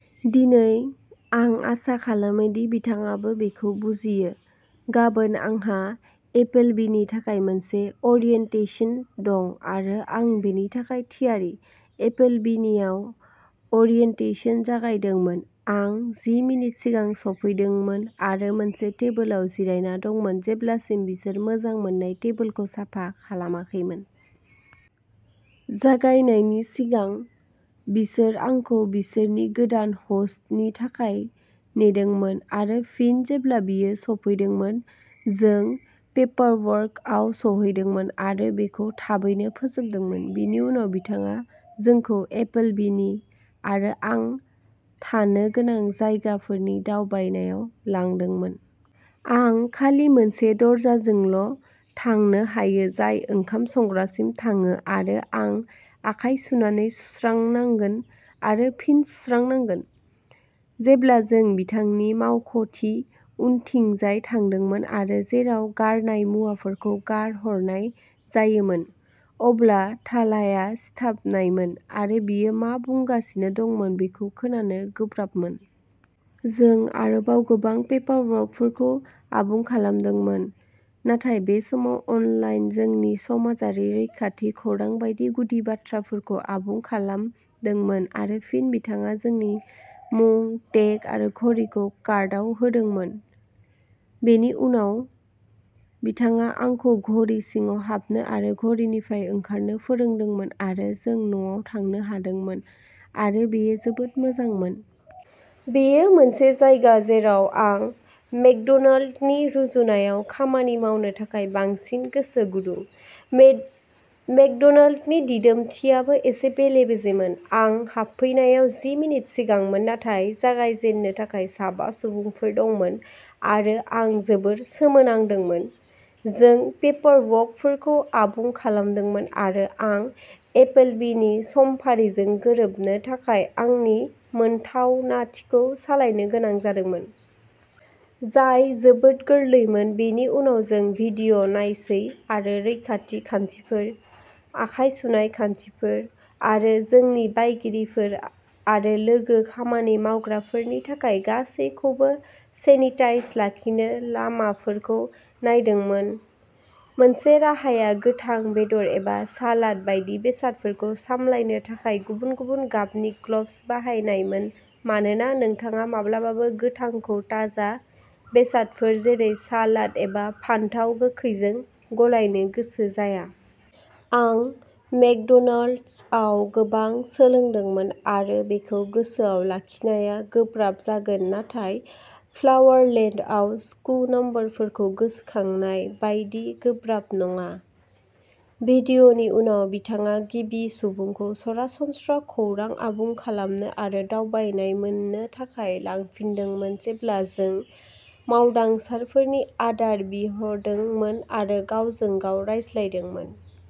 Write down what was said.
दिनै, आं आसा खालामो दि बिथाङाबो बेखौ बुजियो। गाबोन, आंहा एपलबिनि थाखाय मोनसे ओरियेन्टेशन दं आरो आं बेनि थाखाय थियारि। एपलबिनिआव ओरियेन्टेशन जागायदोंमोन। आं जि मिनिट सिगां सौफैदोंमोन आरो मोनसे टेबोलाव जिरायना दंमोन जेब्लासिम बिसोरो मोजां मोन्नाय टेबोलखौ साफा खालामाखैमोन। जागायनायनि सिगां, बिसोर आंखौ बिसोरनि गोदान ह'स्टनि थाखाय नेदोंमोन आरो फिन जेब्ला बियो सौफैदोंमोन, जों पेपारवर्कआव सौहैदोंमोन आरो बेखौ थाबैनो फोजोबदोंमोन। बिनि उनाव बिथाङा जोंखौ एपलबिनि आरो आं थानो गोनां जायगाफोरनि दावबायनायाव लांदोंमोन। आं खालि मोनसे दरजाजोंल'थांनो हायो जाय ओंखाम संग्रासिम थाङो आरो आं आखाइ सुनानै सुस्रानांगोन आरो फिन सुस्रानांगोन। जेब्ला जों बिथांनि मावख'नि उनथिंजाय थांदोंमोन आरो जेराव गारनाय मुवाफोरखौ गारहरनाय जायोमोन, अब्ला थालाया सिथाबनायमोन आरो बियो मा बुंगासिनो दंमोन बेखौ खोनानो गोब्राबमोन। जों आरोबाव गोबां पेपारवर्कफोरखौ आबुं खालामदोंमोन, नाथाय बे समाव अनलाइन जोंनि समाजारि रैखाथि खौरां बायदि गुदि बाथ्राफोरखौ आबुं खालामदोंमोन आरो फिन बिथाङा जोंनि मुं टेग आरो घरिखौ कार्डआव होदोंमोन। बेनि उनाव, बिथाङा आंखौ घरि सिङाव हाबनो आरो घरिनिफ्राय ओंखारनो फोरोंदोंमोन आरो जों न'आव थांनो हादोंमोन आरो बेयो जोबोद मोजांमोन। बेयो मोनसे जायगा जेराव आं मेकड'नाल्ड्सनि रुजुनायाव खामानि मावनो थाखाय बांसिन गोसो गुदुं। मेक मेकड'नाल्ड्सनि दिदोमथिआबो एसे बेले-बेजेमोन। आं हाबफैनायाव जि मिनिट सिगांमोन नाथाय जागायजेननो थाखाय साबा सुबुंफोर दंमोन आरो आं जोबोद सोमोनांदोंमोन। जों पेपारवर्कफोरखौ आबुं खालामदोंमोन आरो आं एपलबिनि समफारिजों गोरोबनो थाखाय आंनि मोनथावनाथिखौ सोलायनो गोनां जादोंमोन। जाय जोबोद गोरलैमोन। बेनि उनाव जों भिडिअ'नायसै आरो रैखाथि खान्थिफोर, आखाइ सुनाय खान्थिफोर, आरो जोंनि बायगिरिफोर आरो लोगो खामानि मावग्राफोरनि थाखाय गासैबोखौ सेनिताइज लाखिनो लामाफोरखौ नायदोंमोन। मोनसे राहाया गोथां बेदर एबा सालाद बायदि बेसादफोरखौ सामलायनो थाखाय गुबुन-गुबुन गाबनि ग्लब्स बाहायनायमोन मानोना नोंथाङा माब्लाबाबो गोथांखौ ताजा बेसादफोर जेरै सालाद एबा फानथाव गोखैजों गलायनो गोसो जाया। आं मेकड'नाल्ड्सआव गोबां सोलोंदोंमोन आरो बेखौ गोसोआव लाखिनाया गोब्राब जागोन नाथाय फ्लावरलेन्डआव स्कु नम्बरफोरखौ गोसोखांनाय बायदि गोब्राब नङा। भिडिअ'नि उनाव बिथाङा गिबि सुबुंखौ सरासनस्रा खौरां आबुं खालामनो आरो दावबायनाय मोन्नो थाखाय लांफिनदोंमोन जेब्ला जों मावदांसाफोरनि आदार बिहरदोंमोन आरो गावजों-गाव रायज्लायदोंमोन।